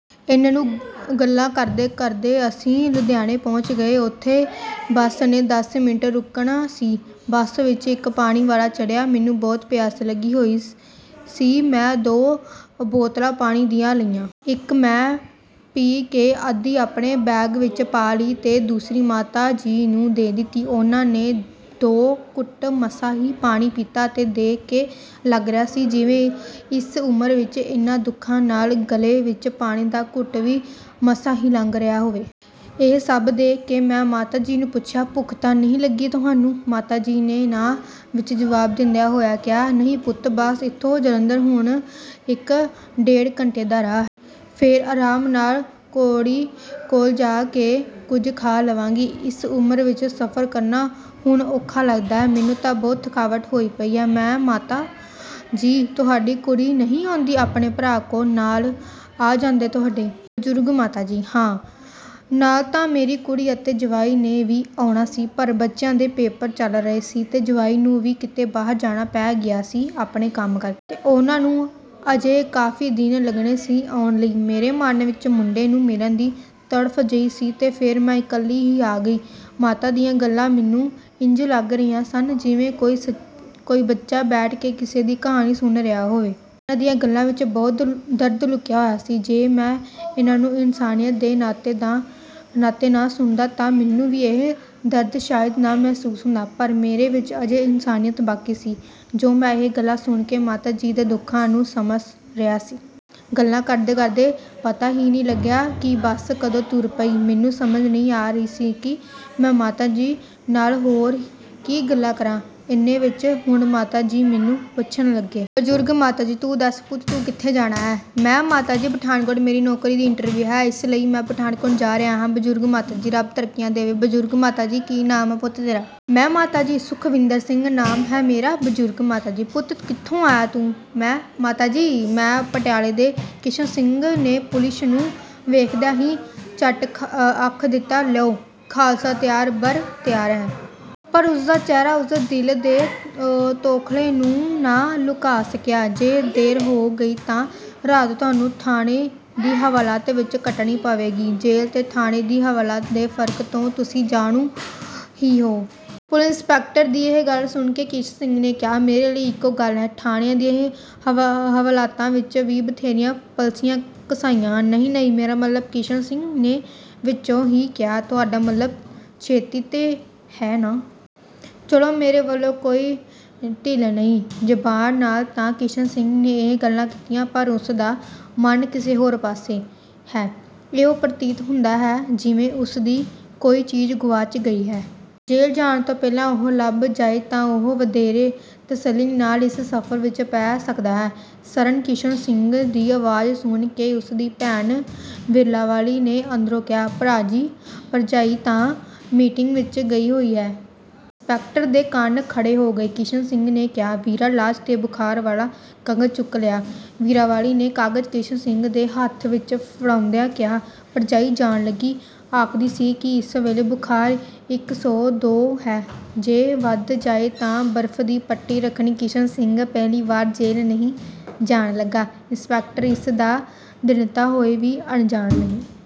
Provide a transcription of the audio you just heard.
ਐਨੇ ਨੂੰ ਗੱਲਾਂ ਕਰਦੇ-ਕਰਦੇ ਅਸੀਂ ਲੁਧਿਆਣੇ ਪਹੁੰਚ ਗਏ। ਉੱਥੇ ਬੱਸ ਨੇ ਦਸ ਮਿੰਟ ਰੁਕਣਾ ਸੀ। ਬੱਸ ਵਿੱਚ ਇੱਕ ਪਾਣੀ ਵਾਲਾ ਚੜ੍ਹਿਆ। ਮੈਨੂੰ ਬਹੁਤ ਪਿਆਸ ਲੱਗੀ ਹੋਈ ਸੀ। ਮੈਂ ਦੋ ਬੋਤਲਾਂ ਪਾਣੀ ਦੀਆਂ ਲਈਆਂ। ਇੱਕ ਮੈਂ ਪੀ ਕੇ ਅੱਧੀ ਆਪਣੇ ਬੈਗ ਵਿੱਚ ਪਾ ਲਈ ਤੇ ਦੂਸਰੀ ਮਾਤਾ ਜੀ ਨੂੰ ਦੇ ਦਿੱਤੀ। ਉਹਨਾਂ ਨੇ ਦੋ ਘੁੱਟ ਮਸਾਂ ਹੀ ਪਾਣੀ ਪੀਤਾ ਤੇ ਦੇਖ ਕੇ ਲੱਗ ਰਿਹਾ ਸੀ, ਜਿਵੇਂ ਇਸ ਉਮਰ ਵਿੱਚ ਐਨੇ ਦੁੱਖਾਂ ਨਾਲ ਗਲੇ ਵਿੱਚ ਪਾਣੀ ਦਾ ਘੁੱਟ ਵੀ ਮਸਾਂ ਹੀ ਲੰਘ ਰਿਹਾ ਹੋਵੇ। ਇਹ ਸਭ ਦੇਖ ਕੇ ਮੈਂ ਮਾਤਾ ਜੀ ਨੂੰ ਪੁੱਛਿਆ, "ਭੁੱਖ ਤਾਂ ਨਹੀਂ ਲੱਗੀ ਤੁਹਾਨੂੰ?" ਮਾਤਾ ਜੀ ਨੇ ਨਾ ਵਿੱਚ ਜਵਾਬ ਦਿੰਦਿਆਂ ਹੋਇਆ ਕਿਹਾ, "ਨਹੀਂ ਪੁੱਤ, ਬਸ ਇੱਥੋਂ ਜਲੰਧਰ ਹੁਣ ਇੱਕ-ਡੇਢ ਘੰਟੇ ਦਾ ਰਾਹ ਹੈ। ਫੇਰ ਆਰਾਮ ਨਾਲ ਕੁੜੀ ਕੋਲ ਜਾ ਕੇ ਕੁਝ ਖਾ ਲਵਾਂਗੀ। ਇਸ ਉਮਰ ਵਿੱਚ ਸਫ਼ਰ ਕਰਨਾ ਹੁਣ ਔਖਾ ਲੱਗਦਾ ਹੈ। ਮੈਨੂੰ ਤਾਂ ਬਹੁਤ ਥਕਾਵਟ ਹੋਈ ਪਈ ਹੈ।" ਮੈਂ: "ਮਾਤਾ ਜੀ, ਤੁਹਾਡੀ ਕੁੜੀ ਨਹੀਂ ਆਉਂਦੀ ਆਪਣੇ ਭਰਾ ਕੋਲ ਨਾਲ ਆ ਜਾਂਦੇ ਤੁਹਾਡੇ?" ਬਜ਼ੁਰਗ ਮਾਤਾ ਜੀ: "ਹਾਂ, ਨਾਲ ਤਾਂ ਮੇਰੀ ਕੁੜੀ ਅਤੇ ਜਵਾਈ ਨੇ ਵੀ ਆਉਣਾ ਸੀ, ਪਰ ਬੱਚਿਆਂ ਦੇ ਪੇਪਰ ਚੱਲ ਰਹੇ ਸੀ ਤੇ ਜਵਾਈ ਨੂੰ ਵੀ ਕਿਤੇ ਬਾਹਰ ਜਾਣਾ ਪੈ ਗਿਆ ਸੀ ਆਪਣੇ ਕੰਮ ਕਰਕੇ। ਤੇ ਉਹਨਾਂ ਨੂੰ ਅਜੇ ਕਾਫ਼ੀ ਦਿਨ ਲੱਗਣੇ ਸੀ ਆਉਣ ਲਈ। ਮੇਰੇ ਮਨ ਵਿੱਚ ਮੁੰਡੇ ਨੂੰ ਮਿਲਣ ਦੀ ਤੜਫ਼ ਜਿਹੀ ਸੀ ਤੇ ਫੇਰ ਮੈਂ ਇਕੱਲੀ ਆ ਗਈ ਸੀ।" ਮਾਤਾ ਦੀਆਂ ਗੱਲਾਂ ਮੈਨੂੰ ਇੰਝ ਲੱਗ ਰਹੀਆਂ ਸਨ, ਜਿਵੇਂ ਕੋਈ ਬੱਚਾ ਬੈਠ ਕੇ ਕਿਸੇ ਦੀ ਕਹਾਣੀ ਸੁਣ ਰਿਹਾ ਹੋਵੇ। ਉਹਨਾਂ ਦੀਆਂ ਗੱਲਾਂ ਵਿੱਚ ਬਹੁਤ ਦਰਦ ਲੁਕਿਆ ਹੋਇਆ ਸੀ। ਜੇ ਮੈਂ ਇਸਨੂੰ ਇਨਸਾਨੀਅਤ ਦੇ ਨਾਤੇ ਨਾ ਸੁਣਦਾ ਤਾਂ ਮੈਨੂੰ ਵੀ ਇਹ ਦਰਦ ਸ਼ਾਇਦ ਨਾ ਮਹਿਸੂਸ ਹੁੰਦਾ। ਪਰ ਮੇਰੇ ਵਿੱਚ ਅਜੇ ਇਨਸਾਨੀਅਤ ਬਾਕੀ ਸੀ, ਜੋ ਮੈਂ ਇਹ ਗੱਲਾਂ ਸੁਣ ਕੇ ਮਾਤਾ ਜੀ ਦੇ ਦੁੱਖਾਂ ਨੂੰ ਸਮਝ ਰਿਹਾ ਸੀ। ਗੱਲਾਂ ਕਰਦੇ-ਕਰਦੇ ਪਤਾ ਹੀ ਨਹੀਂ ਲੱਗਿਆ ਕਿ ਬੱਸ ਕਦੋਂ ਤੁਰ ਪਈ ਸੀ। ਮੈਨੂੰ ਸਮਝ ਨਹੀਂ ਆ ਰਹੀ ਸੀ ਕਿ ਮੈਂ ਮਾਤਾ ਜੀ ਨਾਲ ਹੋਰ ਕੀ ਗੱਲਾਂ ਕਰਾਂ। ਐਨੇ ਵਿੱਚ ਹੀ ਹੁਣ ਮਾਤਾ ਜੀ ਮੈਨੂੰ ਪੁੱਛਣ ਲੱਗੇ। ਬਜ਼ੁਰਗ ਮਾਤਾ ਜੀ: "ਤੂੰ ਦੱਸ ਪੁੱਤ, ਤੂੰ ਕਿੱਥੇ ਜਾਣਾ ਹੈ?" ਮੈਂ: "ਮਾਤਾ ਜੀ, ਪਠਾਨਕੋਟ ਮੇਰੀ ਨੌਕਰੀ ਦੀ ਇੰਟਰਵਿਊ ਹੈ। ਇਸ ਲਈ ਮੈਂ ਪਠਾਨਕੋਟ ਜਾ ਰਿਹਾ ਹਾਂ।" ਬਜ਼ੁਰਗ ਮਾਤਾ ਜੀ: "ਰੱਬ ਤਰੱਕੀਆਂ ਦੇਵੇ।" ਬਜ਼ੁਰਗ ਮਾਤਾ ਜੀ: "ਕੀ ਨਾਮ ਆ ਪੁੱਤ ਤੇਰਾ?" ਮੈਂ: "ਮਾਤਾ, ਸੁੱਖਵਿੰਦਰ ਸਿੰਘ ਨਾਮ ਹੈ ਮੇਰਾ।" ਬਜ਼ੁਰਗ ਮਾਤਾ ਜੀ: "ਪੁੱਤ, ਕਿੱਥੋਂ ਆਇਆ ਤੂੰ?" ਮੈਂ: "ਮਾਤਾ ਜੀ, ਮੈਂ ਪਟਿਆਲੇ ਦੇ..." ਕਿਸ਼ਨ ਸਿੰਘ ਨੇ ਪੁਲਿਸ ਨੂੰ ਵੇਖਦਿਆਂ ਹੀ ਝੱਟ ਆਖ ਦਿੱਤਾ, "ਲਓ, ਖ਼ਾਲਸਾ ਤਿਆਰ-ਬਰ-ਤਿਆਰ ਹੈ।" ਪਰ ਉਸ ਦਾ ਚਿਹਰਾ ਉਸ ਦੇ ਦਿਲ ਦੇ ਤੌਖ਼ਲੇ ਨੂੰ ਨਾ ਲੁਕਾ ਸਕਿਆ। "ਜੇ ਦੇਰ ਹੋ ਗਈ ਤਾਂ ਰਾਤ ਤੁਹਾਨੂੰ ਥਾਣੇ ਦੀ ਹਵਾਲਾਤ ਵਿੱਚ ਕੱਟਣੀ ਪਵੇਗੀ। ਜੇਲ੍ਹ ਤੇ ਥਾਣੇ ਦੀ ਹਵਾਲਾਤ ਦੇ ਫ਼ਰਕ ਤੋਂ ਤੁਸੀਂ ਜਾਣੂ ਹੀ ਹੋ।" ਪੁਲਿਸ ਇੰਸਪੈਕਟਰ ਦੀ ਇਹ ਗੱਲ ਸੁਣ ਕੇ ਕਿਸ਼ਨ ਸਿੰਘ ਨੇ ਕਿਹਾ, "ਮੇਰੇ ਲਈ ਇੱਕੋ ਗੱਲ ਹੈ, ਥਾਣਿਆਂ ਦੀਆਂ ਹਵਾਲਾਤਾਂ ਵਿੱਚ ਵੀ ਬਥੇਰੀਆਂ ਪਸਲੀਆਂ ਘਸਾਈਆਂ ਹਨ।" "ਨਹੀਂ, ਨਹੀਂ, ਮੇਰਾ ਮਤਲਬ…" ਕਿਸ਼ਨ ਸਿੰਘ ਨੇ ਵਿਚੋਂ ਹੀ ਕਿਹਾ, "ਤੁਹਾਡਾ ਮਤਲਬ ਛੇਤੀ ਤੋਂ ਹੈ ਨਾ? ਚੱਲੋ, ਮੇਰੇ ਵੱਲੋਂ ਕੋਈ ਢਿੱਲ ਨਹੀਂ।" ਜ਼ਬਾਨ ਨਾਲ ਤਾਂ ਕਿਸ਼ਨ ਸਿੰਘ ਨੇ ਇਹ ਗੱਲਾਂ ਕੀਤੀਆਂ, ਪਰ ਉਸ ਦਾ ਮਨ ਕਿਸੇ ਹੋਰ ਪਾਸੇ ਹੈ। ਇਉਂ ਪ੍ਰਤੀਤ ਹੁੰਦਾ ਹੈ, ਜਿਵੇਂ ਉਸ ਦੀ ਕੋਈ ਚੀਜ਼ ਗੁਆਚ ਗਈ ਹੈ। ਜੇਲ੍ਹ ਜਾਣ ਤੋਂ ਪਹਿਲਾਂ ਉਹ ਲੱਭ ਜਾਏ ਤਾਂ ਉਹ ਵਧੇਰੇ ਤਸੱਲੀ ਨਾਲ ਇਸ ਸਫ਼ਰ ਵਿੱਚ ਪੈ ਸਕਦਾ ਹੈ। "ਸਰਨ।" ਕਿਸ਼ਨ ਸਿੰਘ ਦੀ ਆਵਾਜ਼ ਸੁਣ ਕੇ ਉਸ ਦੀ ਭੈਣ ਵੀਰਾਂਵਾਲੀ ਨੇ ਅੰਦਰੋਂ ਕਿਹਾ, "ਭਰਾ ਜੀ, ਭਰਜਾਈ ਤਾਂ ਮੀਟਿੰਗ ਵਿੱਚ ਗਈ ਹੋਈ ਹੈ।" ਇੰਸਪੈਕਟਰ ਦੇ ਕੰਨ ਖੜ੍ਹੇ ਹੋ ਗਏ। ਕਿਸ਼ਨ ਸਿੰਘ ਨੇ ਕਿਹਾ, "ਵੀਰਾਂ, ਲਾਜ ਦੇ ਬੁਖ਼ਾਰ ਵਾਲਾ ਕਾਗਜ਼ ਚੁੱਕ ਲਿਆ।" ਵੀਰਾਂਵਾਲੀ ਨੇ ਕਾਗਜ਼ ਕਿਸ਼ਨ ਸਿੰਘ ਦੇ ਹੱਥ ਵਿੱਚ ਫੜਾਉਂਦਿਆਂ ਕਿਹਾ, "ਭਰਜਾਈ ਜਾਣ ਲੱਗੀ ਆਖਦੀ ਸੀ ਕਿ ਇਸ ਵੇਲੇ ਬੁਖਾਰ ਇੱਕ ਸੋ ਦੋ ਹੈ, ਜੇ ਵਧ ਜਾਏ ਤਾਂ ਬਰਫ਼ ਦੀ ਪੱਟੀ ਰੱਖਣੀ।" ਕਿਸ਼ਨ ਸਿੰਘ ਪਹਿਲੀ ਵੇਰ ਜੇਲ੍ਹ ਨਹੀਂ ਜਾਣ ਲੱਗਾ। ਇੰਸਪੈਕਟਰ ਇਸ ਦੀ ਦ੍ਰਿੜ੍ਹਤਾ ਤੋਂ ਵੀ ਅਣਜਾਣ ਨਹੀਂ।